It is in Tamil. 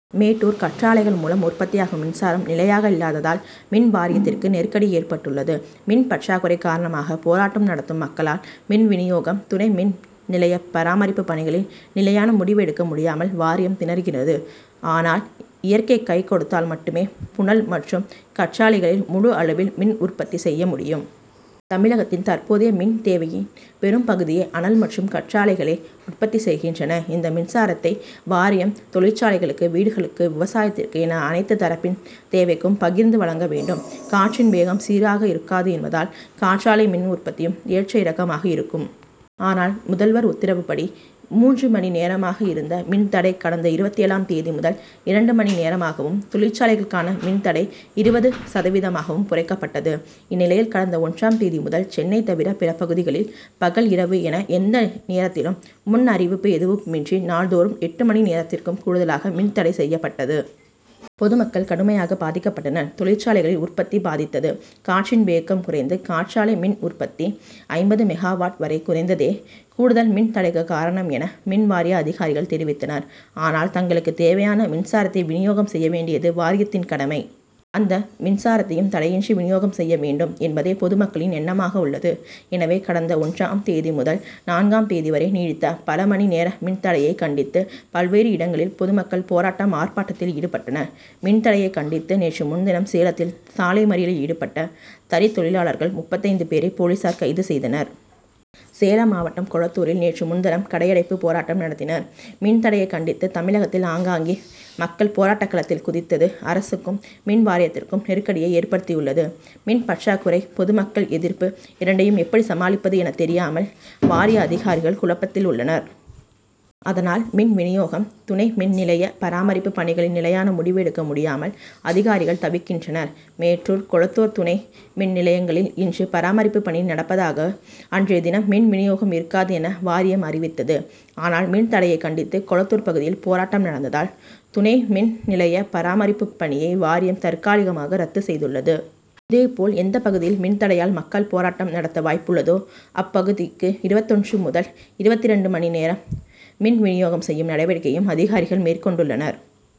மேட்டூர் காற்றாலைகள் மூலம் உற்பத்தியாகும் மின்சாரம் நிலையாக இல்லாததால், மின் வாரியத்திற்கு நெருக்கடி ஏற்பட்டுள் ளது. மின் பற்றாக்குறை காரணமாக போராட்டம் நடத்தும் மக்களால் மின் வினியோகம், துணை மின் நிலைய பராமரிப்பு பணிகளில் நிலையான முடிவு எடுக்க முடியாமல் வாரியம் திணறுகிறது. ஆனால், இயற்கை கை கொடுத்தால் மட்டுமே புனல் மற்றும் காற்றாலைகளில் முழு அளவில் மின் உற்பத்தி செய்ய முடியும். தமிழகத்தின் தற்போதைய மின் தேவையின் பெரும் பகுதியை அனல் மற்றும் காற்றாலைகளே பூர்த்தி செய்கின்றன. இந்த மின்சாரத்தை வாரியம் தொழிற்சாலைகளுக்கு, வீடுகளுக்கு, விவசாயத்திற்கு என அனைத்து தரப்பின் தேவைக்கும் பகிர்ந்து வழங்க வேண்டும். காற்றின் வேகம் சீராக இருக்காது என்பதால், காற்றாலை மின் உற்பத்தியும் ஏற்ற இறக்கமாக இருக்கும். அதனால், முதல்வர் உத்தரவின்படி மூன்று மணி நேரமாக இருந்த மின் தடை கடந்த இருபத்தேழாம் தேதி முதல் இரண்டு மணி நேரமாகவும், தொழிற்சாலைகளுக்கான மின் தடை இருபது சதவீதமாகவும் குறைக்கப்பட்டது. இந்நிலையில், கடந்த ஒன்றாம் தேதி முதல், சென்னை தவிர பிற பகுதிகளில் பகல், இரவு என, எந்த நேரத்திலும் முன் அறிவிப்பு எதுவும் இன்றி நாள்தோறும் எட்டு மணி நேரத்திற்கும் கூடுதலாக மின் தடை செய்யப்பட்டது. பொதுமக்கள் கடுமையாக பாதிக்கப்பட்டனர். தொழிற்சாலைகளில் உற்பத்தி பாதித்தது. காற்றின் வேகம் குறைந்து காற்றாலை மின் உற்பத்தி ஐம்பது மெகா வாட் வரை குறைந்ததே கூடுதல் மின் தடைக்கு காரணம்' என, மின் வாரிய அதிகாரிகள் தெரிவித்தனர். ஆனால், தங்களுக்கு தேவையான மின்சாரத்தை வினியோகம் செய்ய வேண்டியது வாரியத்தின் கடமை. அந்த மின்சாரத்தையும் தடையின்றி வினியோகம் செய்ய வேண்டும்' என்பதே பொதுமக்களின் எண்ணமாக உள்ளது. எனவே, கடந்த ஒன்றாம் தேதி முதல் நான்காம் தேதி வரை நீடித்த பல மணி நேர மின் தடையைக் கண்டித்து, பல்வேறு இடங்களில் பொதுமக்கள் போராட்டம், ஆர்ப்பாட்டத்தில் ஈடுபட்டனர். மின் தடையைக் கண்டித்து நேற்று முன்தினம் சேலத்தில் சாலை மறியலில் ஈடுபட்ட தறி தொழிலாளர்கள் முப்பத்தைந்து பேரை, போலீசார் கைது செய்தனர். சேலம் மாவட்டம் கொளத்தூரில் நேற்று முன்தினம் கடையடைப்பு போராட்டம் நடத்தினர். மின் தடையை கண்டித்து தமிழகத்தில் ஆங்காங்கே மக்கள் போராட்டக் களத்தில் குதித்தது அரசுக்கும், மின் வாரியத்துக்கும் நெருக்கடியை ஏற்படுத்தியுள்ளது. மின் பற்றாக்குறை, பொதுமக்கள் எதிர்ப்பு இரண்டையும் எப்படி சமாளிப்பது என தெரியாமல் வாரிய அதிகாரிகள் குழப்பத்தில் உள்ளனர். அதனால், மின் வினியோகம், துணை மின் நிலைய பராமரிப்பு பணிகளில் நிலையான முடிவு எடுக்க முடியாமல் அதிகாரிகள் தவிக்கின்றனர். மேட்டூர், கொளத்தூர் துணை மின் நிலையங்களில் இன்று பராமரிப்பு பணி நடப்பதாகவும், அன்றைய தினம் மின் வினியோகம் இருக்காது' என வாரியம் அறிவித்தது. ஆனால், மின் தடையைக் கண்டித்து கொளத்தூர் பகுதியில் போராட்டம் நடந்ததால், துணை மின் நிலைய பராமரிப்பு பணியை வாரியம் தற்காலிகமாக ரத்து செய்துள்ளது. அதுபோல, எந்த பகுதியில் மின் தடையால் மக்கள் போராட்டம் நடத்த வாய்ப்புள்ளதோ அப்பகுதிக்கு இருபத்தொன்று முதல் இருபத்திரண்டு மணி நேரம் மின் வினியோகம் செய்யும் நடவடிக்கையையும் அதிகாரிகள் மேற்கொண்டுள்ளனர்.